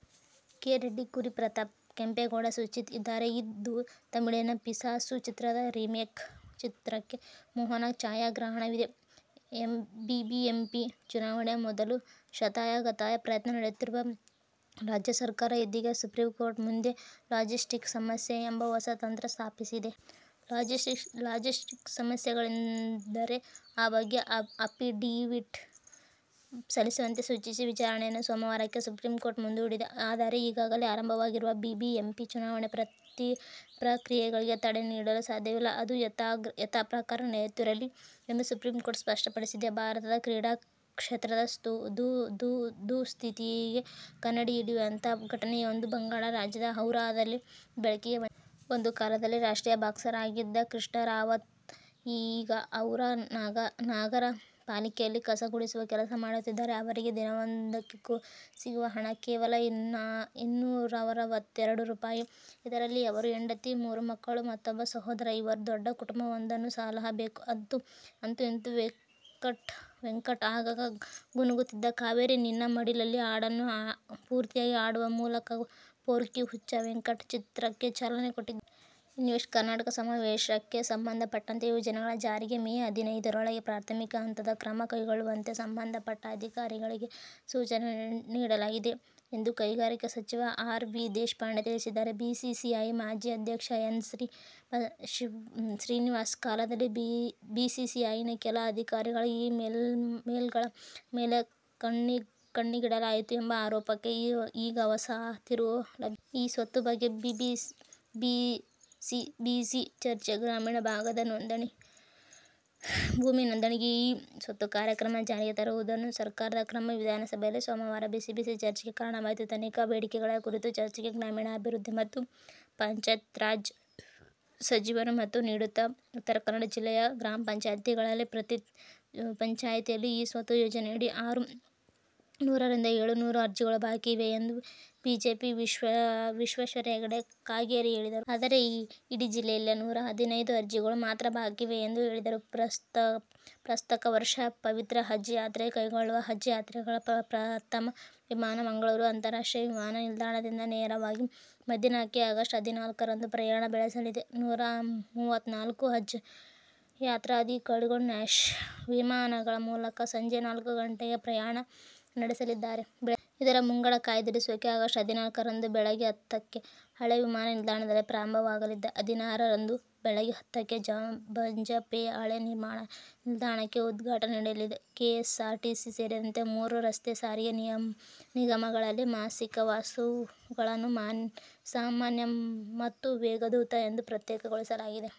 K. Reddy, Kuri Pratap, Kempegowda, Sujith ಇದ್ದಾರೆ. ಇದು ತಮಿಳಿನ ಪಿಸಾಸು ಚಿತ್ರದ ರಿಮೇಕ್. ಚಿತ್ರಕ್ಕೆ ಮೋಹನ್ ಛಾಯಾಗ್ರಹಣವಿದೆ. ಬಿಬಿಎಂಪಿ ಚುನಾವಣೆ ಮೊದಲು ಶತಾಯ ಗತಾಯ ಪ್ರಯತ್ನ ನಡೆಸುತ್ತಿರುವ ರಾಜ್ಯ ಸರ್ಕಾರ ಇದೀಗ ಸುಪ್ರೀಂಕೋರ್ಟ್ನ ಮುಂದೆ ಲಾಜಿಸ್ಟಿಕ್ ಸಮಸ್ಯೆ ಎಂಬ ಹೊಸ ತಂತ್ರ ಸ್ತಾಪಿಸಿದೆ. ಲಾಜಿಸ್ಟಿಕ್ ಸಮಸ್ಯೆಗಳಿದ್ದರೆ ಆ ಬಗ್ಗೆ ಅಫಿಡವಿಟ್ ಸಲ್ಲಿಸುವಂತೆ ಸೂಚಿಸಿ ವಿಚಾರಣೆಯನ್ನು ಸೋಮವಾರಕ್ಕೆ ಸುಪ್ರೀಂಕೋರ್ಟ್ ಮುಂದೂಡಿದೆ. ಆದರೆ ಈಗಾಗಲೇ ಆರಂಭವಾಗಿರುವ ಬಿಬಿಎಂಪಿ ಚುನಾವಣೆ ಪ್ರಕ್ರಿಯೆಗಳಿಗೆ ತಡೆ ನೀಡಲು ಸಾಧ್ಯವಿಲ್ಲ. ಅವು ಯಥಾಪ್ರಕಾರ ನಡೆಯುತ್ತಿರಲಿ ಎಂದು ಸುಪ್ರೀಂಕೋರ್ಟ್ ಸ್ಪಷ್ಟಪಡಿಸಿದೆ. ಭಾರತದ ಕ್ರೀಡಾಕ್ಷೇತ್ರದ ದುಸ್ಥಿತಿಗೆ ಕನ್ನಡಿ ಹಿಡಿಯುವಂತಹ ಘಟನೆಯೊಂದು ಬಂಗಾಳ ರಾಜ್ಯದ ಹೌರಾದಲ್ಲಿ ಬೆಳಕಿಗೆ ಬ ಒಂದು ಕಾಲದಲ್ಲಿ ರಾಷ್ಟ್ರೀಯ ಬಾಕ್ಸರ್ ಆಗಿದ್ದ ಕೃಷ್ಣಾ ರಾವತ್ ಈಗ ಹೌರಾ ನಗರಪಾಲಿಕೆಯಲ್ಲಿ ಕಸ ಗುಡಿಸುವ ಕೆಲಸ ಮಾಡುತ್ತಿದ್ದಾರೆ. ಅವರಿಗೆ ದಿನವೊಂದಕ್ಕೆ ಸಿಗುವ ಹಣ ಕೇವಲ ಇನ್ನೂರಾರವತ್ತೆರಡು ರೂಪಾಯಿ ಇದರಲ್ಲಿ ಅವರು ಹೆಂಡತಿ, ಮೂರು ಮಕ್ಕಳು ಮತ್ತೊಬ್ಬ ಸಹೋದರ ಇರುವ ದೊಡ್ಡ ಕುಟುಂಬವೊಂದನ್ನು ಸಲಹಬೇಕು ಅಂತೂ ಇಂತೂ ವೆಂಕಟ್, ಆಗಾಗ ಗುನುಗುತ್ತಿದ್ದ ಕಾವೇರಿ ನಿನ್ನ ಮಡಿಲಲಿ ಹಾಡನ್ನು ಪೂರ್ತಿಯಾಗಿ ಹಾಡುವ ಮೂಲಕ ಪೊರ್ಕಿ ಹುಚ್ಚ ವೆಂಕಟ್ ಚಿತ್ರಕ್ಕೆ ಚಾಲನೆ ಕೊಟ್ಟಿ ಇನ್ವೆಸ್ಟ್ ಕರ್ನಾಟಕ ಸಮಾವೇಶಕ್ಕೆ ಸಂಬಂಧಪಟ್ಟಂತೆ ಯೋಜನೆಗಳ ಜಾರಿಗೆ ಮೇ ಹದಿನೈದರೊಳಗೆ ಪ್ರಾಥಮಿಕ ಹಂತದ ಕ್ರಮ ಕೈಗೊಳ್ಳುವಂತೆ ಸಂಬಂಧಪಟ್ಟ ಅಧಿಕಾರಿಗಳಿಗೆ ಸೂಚನೆ ನೀಡಲಾಗಿದೆ ಎಂದು ಕೈಗಾರಿಕೆ ಸಚಿವ ಆರ್. ವಿ. ದೇಶಪಾಂಡೆ ತಿಳಿಸಿದ್ದಾರೆ. ಬಿಸಿಸಿಐ ಮಾಜಿ ಅಧ್ಯಕ್ಷ ಎನ್. ಶ್ರೀನಿವಾಸನ್ ಕಾಲದಲ್ಲಿ ಬಿಸಿಸಿಐನ ಕೆಲ ಅಧಿಕಾರಿಗಳ ಇ-ಮೇಲ್ಗಳ ಮೇಲೆ ಕಣ್ಣಿಡಲಾಗಿತ್ತು ಎಂಬ ಆರೋಪಕ್ಕೆ ಈಗ ಹೊಸ ತಿರುವು ಲ ಇ-ಸ್ವತ್ತು ಬಗ್ಗೆ ಬಿಸಿಬಿಸಿ ಚರ್ಚೆಗ್ರಾಮೀಣ ಭಾಗದ ಭೂಮಿ ನೋಂದಣಿಗೆ ಇ-ಸ್ವತ್ತು ಕಾರ್ಯಕ್ರಮ ಜಾರಿಗೆ ತರುವುದನ್ನು ಸರ್ಕಾರದ ಕ್ರಮ ವಿಧಾನಸಭೆಯಲ್ಲಿ ಸೋಮವಾರ ಬಿಸಿ ಬಿಸಿ ಚರ್ಚೆಗೆ ಕಾರಣವಾಯಿತು. ಇಲಾಖಾ ಬೇಡಿಕೆಗಳ ಕುರಿತ ಚರ್ಚೆಗೆ ಗ್ರಾಮೀಣಾಭಿವೃದ್ಧಿ ಮತ್ತು ಪಂಚಾಯತ್ರಾಜ್ ಸಚಿವರು ಉತ್ತರ ನೀಡುತ್ತಾ, ಉತ್ತರ ಕನ್ನಡ ಜಿಲ್ಲೆಯ ಗ್ರಾಪಂಗಳಲ್ಲಿ ಪ್ರತಿ ಪಂಚಾಯ್ತಿಯಲ್ಲಿ ಇ-ಸ್ವತ್ತು ಯೋಜನೆಯಡಿ ಆರು ನೂರರಿಂದ ಏಳುನೂರು ಅರ್ಜಿಗಳು ಬಾಕಿ ಇವೆ ಎಂದು ಬಿಜೆಪಿಯ ವಿಶ್ವೇಶ್ವರ ಹೆಗಡೆ ಕಾಗೇರಿ ಹೇಳಿದ್ದರು. ಆದರೆ, ಇಡೀ ಜಿಲ್ಲೆಯಲ್ಲೇ ನೂರ ಹದಿನೈದು ಅರ್ಜಿಗಳು ಮಾತ್ರ ಬಾಕಿ ಇವೆ ಎಂದು ಹೇಳಿದರು. ಪ್ರಸಕ್ತ ವರ್ಷ ಪವಿತ್ರ ಹಜ್ಜ್ ಯಾತ್ರೆ ಕೈಗೊಳ್ಳುವ ಹಜ್ಜ್ ಯಾತ್ರಾರ್ಥಿಗಳ ಪ್ರಥಮ ವಿಮಾನ ಮಂಗಳೂರು ಅಂತಾರಾಷ್ಟ್ರೀಯ ವಿಮಾನ ನಿಲ್ದಾಣದಿಂದ ನೇರವಾಗಿ ಮದೀನಾಕ್ಕೆ ಆಗಸ್ಟ್ ಹದಿನಾಲ್ಕುರಂದು ಪ್ರಯಾಣ ಬೆಳೆಸಲಿದೆ. ನೂರಾಮುವತ್ನಾಲ್ಕು ಹಜ್ಜ್ ಯಾತ್ರಾರ್ಥಿಗಳು ನ್ಯಾಶ್ ವಿಮಾನದ ಮೂಲಕ ಸಂಜೆ ನಾಲ್ಕು ಗಂಟೆಗೆ ಪ್ರಯಾಣ ಬೆಳೆಸಲಿದ್ದಾರೆ. ಇದರ ಮುಂಗಡ ಕಾಯ್ದಿರಿಸುವಿಕೆ ಆಗಸ್ಟ್ ಹದಿನಾಲ್ಕರಂದು ಬೆಳಗ್ಗೆ ಹತ್ತಕ್ಕೆ ಹಳೆ ವಿಮಾನ ನಿಲ್ದಾಣದಲ್ಲಿ ಪ್ರಾರಂಭವಾಗಲಿದೆ. ಹದಿನಾರರಂದು ಬೆಳಗ್ಗೆ ಹತ್ತಕ್ಕೆ ಬಜಪೆಯ ಹಳೆ ವಿಮಾಣ ನಿಲ್ದಾಣದಲ್ಲಿ ಉದ್ಘಾಟನೆ ನಡೆಯಲಿದೆ. ಕೆಎಸ್ಆರ್ಟಿಸಿ ಸೇರಿದಂತೆ ಮೂರು ರಸ್ತೆ ಸಾರಿಗೆ ನಿಗಮ ಗಳಲ್ಲಿ ಮಾಸಿಕ ಪಾಸುಗಳನ್ನು ಸಾಮಾನ್ಯ ಮತ್ತು ವೇಗದೂತ ಎಂದು ಪ್ರತ್ಯೇಕಗೊಳಿಸಲಾಗಿದೆ.